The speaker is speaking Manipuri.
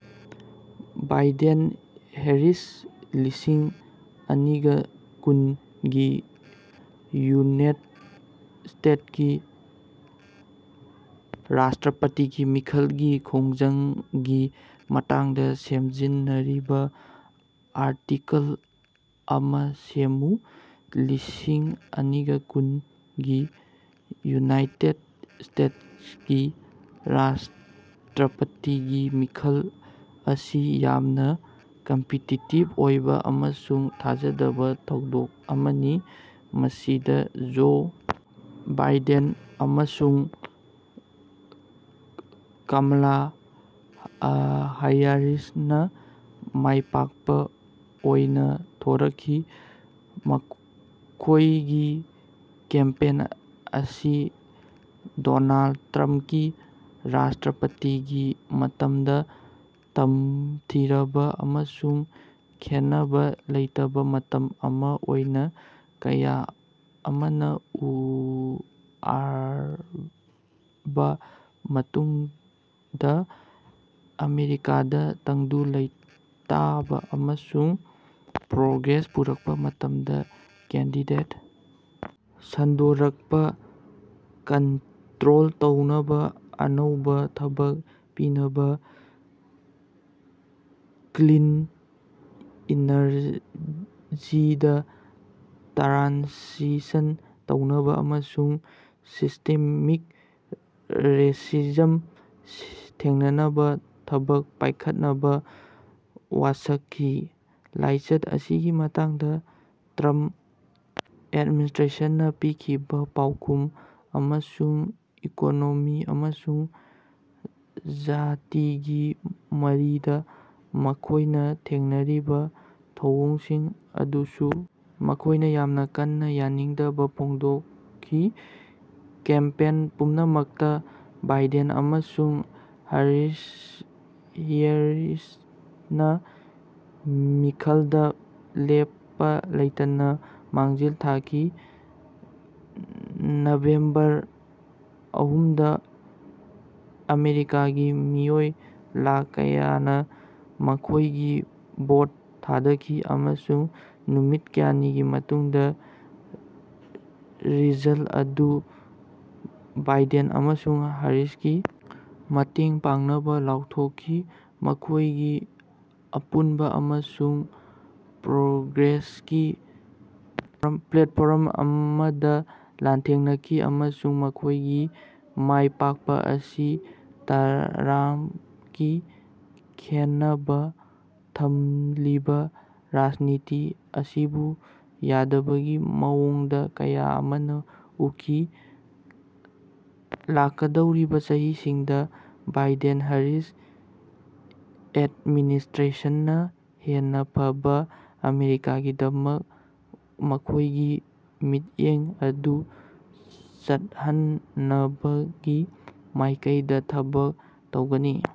ꯕꯥꯏꯗꯦꯟ-ꯍꯦꯔꯤꯁ ꯂꯤꯁꯤꯡ ꯑꯅꯤꯒ ꯀꯨꯟ ꯒꯤ ꯌꯨꯅꯥꯦꯠ ꯁ꯭ꯇꯦꯠꯀꯤ ꯔꯥꯁꯇ꯭ꯔꯥꯄꯇꯤꯒꯤ ꯃꯤꯈꯜꯒꯤ ꯈꯣꯡꯖꯪꯒꯤ ꯃꯇꯥꯡꯗꯥ ꯁꯝꯖꯤꯟꯅꯔꯤꯕꯥ ꯑꯥꯔꯇꯤꯀꯜ ꯑꯃꯥ ꯁꯦꯝꯃꯨ꯫ ꯂꯤꯁꯤꯡ ꯑꯅꯤꯒ ꯀꯨꯟ ꯒꯤ ꯌꯨꯅꯥꯏꯇꯦꯗ ꯁ꯭ꯇꯦꯇꯁꯀꯤ ꯔꯥꯁꯇ꯭ꯔꯥꯄꯇꯤꯒꯤ ꯃꯤꯈꯜ ꯑꯁꯤ ꯌꯥꯝꯅꯥ ꯀꯝꯄꯤꯇꯤꯇꯤꯕ ꯑꯣꯏꯕꯥ ꯑꯃꯁꯨꯡ ꯊꯥꯖꯗꯕꯥ ꯊꯧꯗꯣꯛ ꯑꯃꯅꯤ, ꯃꯁꯤꯗꯥ ꯖꯣ ꯕꯥꯏꯗꯦꯟ ꯑꯃꯁꯨꯡ ꯀꯃꯂꯥ ꯍ꯭ꯌꯥꯔꯤꯁꯅꯥ ꯃꯥꯏꯄꯥꯀꯄꯥ ꯑꯣꯏꯅꯥ ꯊꯣꯔꯛꯈꯤ꯫ ꯃꯈꯣꯏꯒꯤ ꯀꯦꯝꯄꯦꯟ ꯑꯁꯤ ꯗꯣꯅꯥꯜꯗ ꯇ꯭ꯔꯝꯀꯤ ꯔꯥꯁꯇ꯭ꯔꯥꯄꯇꯤꯒꯤ ꯃꯇꯝꯗꯥ ꯇꯝꯊꯤꯔꯕꯥ ꯑꯃꯁꯨꯡ ꯈꯦꯟꯅꯕꯥ ꯂꯩꯇꯕꯥ ꯃꯇꯝ ꯑꯃꯥ ꯑꯣꯏꯅꯥ ꯀꯌꯥ ꯑꯃꯅꯥ ꯑꯨ ꯑꯥꯔꯕꯥ ꯃꯇꯨꯡꯗꯥ ꯑꯃꯦꯔꯤꯀꯥꯗꯥ ꯇꯪꯗꯨ ꯂꯩꯇꯥꯕꯥ ꯑꯃꯁꯨꯡ ꯄ꯭ꯔꯣꯒ꯭ꯔꯦꯁ ꯄꯨꯔꯛꯄ ꯃꯇꯝꯗ ꯀꯦꯟꯗꯤꯗꯦꯠ ꯁꯟꯗꯣꯔꯛꯄꯥ ꯀꯟꯠꯇ꯭ꯔꯣꯜ ꯇꯧꯅꯕꯥ, ꯑꯅꯧꯕꯥ ꯊꯕꯛ ꯄꯤꯅꯕꯥ, ꯀ꯭ꯂꯤꯟ ꯏꯅꯔꯖꯤꯗꯥ ꯇ꯭ꯔꯥꯟꯁꯤꯁꯟ ꯇꯧꯅꯕꯥ, ꯑꯃꯁꯨꯡ ꯁꯤꯁ꯭ꯇꯦꯃꯤꯛ ꯔꯦꯁꯤꯖꯝ ꯊꯦꯡꯅꯅꯕꯥ ꯊꯕꯛ ꯄꯥꯏꯈꯠꯅꯕꯥ ꯋꯥꯁꯀꯈꯤ꯫ ꯂꯥꯏꯆꯠ ꯑꯁꯤꯒꯤ ꯃꯇꯥꯡꯗꯥ ꯇ꯭ꯔꯝ꯭ꯄ ꯑꯦꯗꯃꯤꯅꯤꯁꯇ꯭ꯔꯦꯁꯟꯅꯥ ꯄꯤꯈꯤꯕꯥ ꯄꯥꯎꯈꯨꯝ, ꯑꯃꯁꯨꯡ ꯏꯀꯣꯅꯣꯃꯤ ꯑꯃꯁꯨꯡ ꯖꯥꯇꯤꯒꯤ ꯃꯔꯤꯗꯥ ꯃꯈꯣꯏꯅꯥ ꯊꯦꯡꯅꯔꯤꯕꯥ ꯊꯧꯑꯣꯡꯁꯤꯡ ꯑꯗꯨꯁꯨ ꯃꯈꯣꯏꯅꯥ ꯌꯥꯝꯅꯥ ꯀꯟꯅꯥ ꯌꯥꯅꯤꯡꯗꯕꯥ ꯐꯣꯡꯗꯣꯀꯈꯤ꯫ ꯀꯦꯝꯄꯦꯟ ꯄꯨꯝꯅꯃꯛꯇꯥ ꯕꯥꯏꯗꯦꯟ ꯑꯃꯁꯨꯡ ꯍꯥꯔꯤꯁ ꯍ꯭ꯌꯥꯔꯤꯁꯅꯥ ꯃꯤꯈꯜꯗꯥ ꯂꯦꯞꯄꯥ ꯂꯩꯇꯅꯥ ꯃꯥꯡꯖꯤꯜ ꯊꯥꯈꯤ꯫ ꯅꯕꯦꯝꯕꯔ ꯑꯍꯨꯝꯗꯥ ꯑꯃꯦꯔꯤꯀꯥꯒꯤ ꯃꯤꯑꯣꯏ ꯂꯥꯈ ꯀꯌꯥꯅꯥ ꯃꯈꯣꯏꯒꯤ ꯚꯣꯠ ꯊꯥꯗꯈꯤ, ꯑꯃꯁꯨꯡ ꯅꯨꯃꯤꯠ ꯀꯌꯥꯅꯤꯒꯤ ꯃꯇꯨꯡꯗꯥ ꯔꯤꯖꯜꯇ ꯑꯗꯨ ꯕꯥꯏꯗꯦꯟ ꯑꯃꯁꯨꯡ ꯍ꯭ꯌꯥꯔꯤꯁꯀꯤ ꯃꯇꯦꯡ ꯄꯥꯡꯅꯕꯥ ꯂꯥꯎꯊꯣꯀꯈꯤ꯫ ꯃꯈꯣꯌꯅꯥ ꯑꯄꯨꯅꯕꯥ ꯑꯃꯁꯨꯡ ꯄ꯭ꯔꯣꯒ꯭ꯔꯦꯁꯀꯤ ꯄ꯭ꯂꯦꯠꯐꯣꯔꯝ ꯑꯃꯗꯥ ꯂꯥꯟꯊꯦꯡꯅꯈꯤ, ꯑꯃꯁꯨꯡ ꯃꯈꯣꯏꯒꯤ ꯃꯥꯏꯄꯥꯛꯄꯥ ꯑꯁꯤ ꯇ꯭ꯔꯝ꯭ꯄꯀꯤ ꯈꯦꯟꯅꯕꯥ ꯊꯝꯂꯤꯕꯥ ꯔꯥꯖꯅꯤꯇꯤ ꯑꯁꯤꯕꯨ ꯌꯥꯗꯕꯒꯤ ꯃꯑꯣꯡꯗꯥ ꯀꯌꯥ ꯑꯃꯅꯥ ꯑꯨꯈꯤ꯫ ꯂꯥꯛꯀꯗꯧꯔꯤꯕꯥ ꯆꯍꯤꯁꯤꯡꯗꯥ ꯕꯥꯏꯗꯦꯟ-ꯍꯦꯔꯤꯁ ꯑꯦꯗꯃꯤꯅꯤꯁꯇ꯭ꯔꯦꯁꯟꯅꯥ ꯍꯦꯟꯅꯥ ꯐꯕꯥ ꯑꯃꯦꯔꯤꯀꯥꯒꯤꯗꯃꯛ ꯃꯈꯣꯏꯒꯤ ꯃꯤꯠꯌꯦꯡ ꯑꯗꯨ ꯆꯠꯍꯟꯅꯕꯒꯤ ꯃꯥꯏꯀꯩꯗꯥ ꯊꯕꯛ ꯇꯧꯒꯅꯤ꯫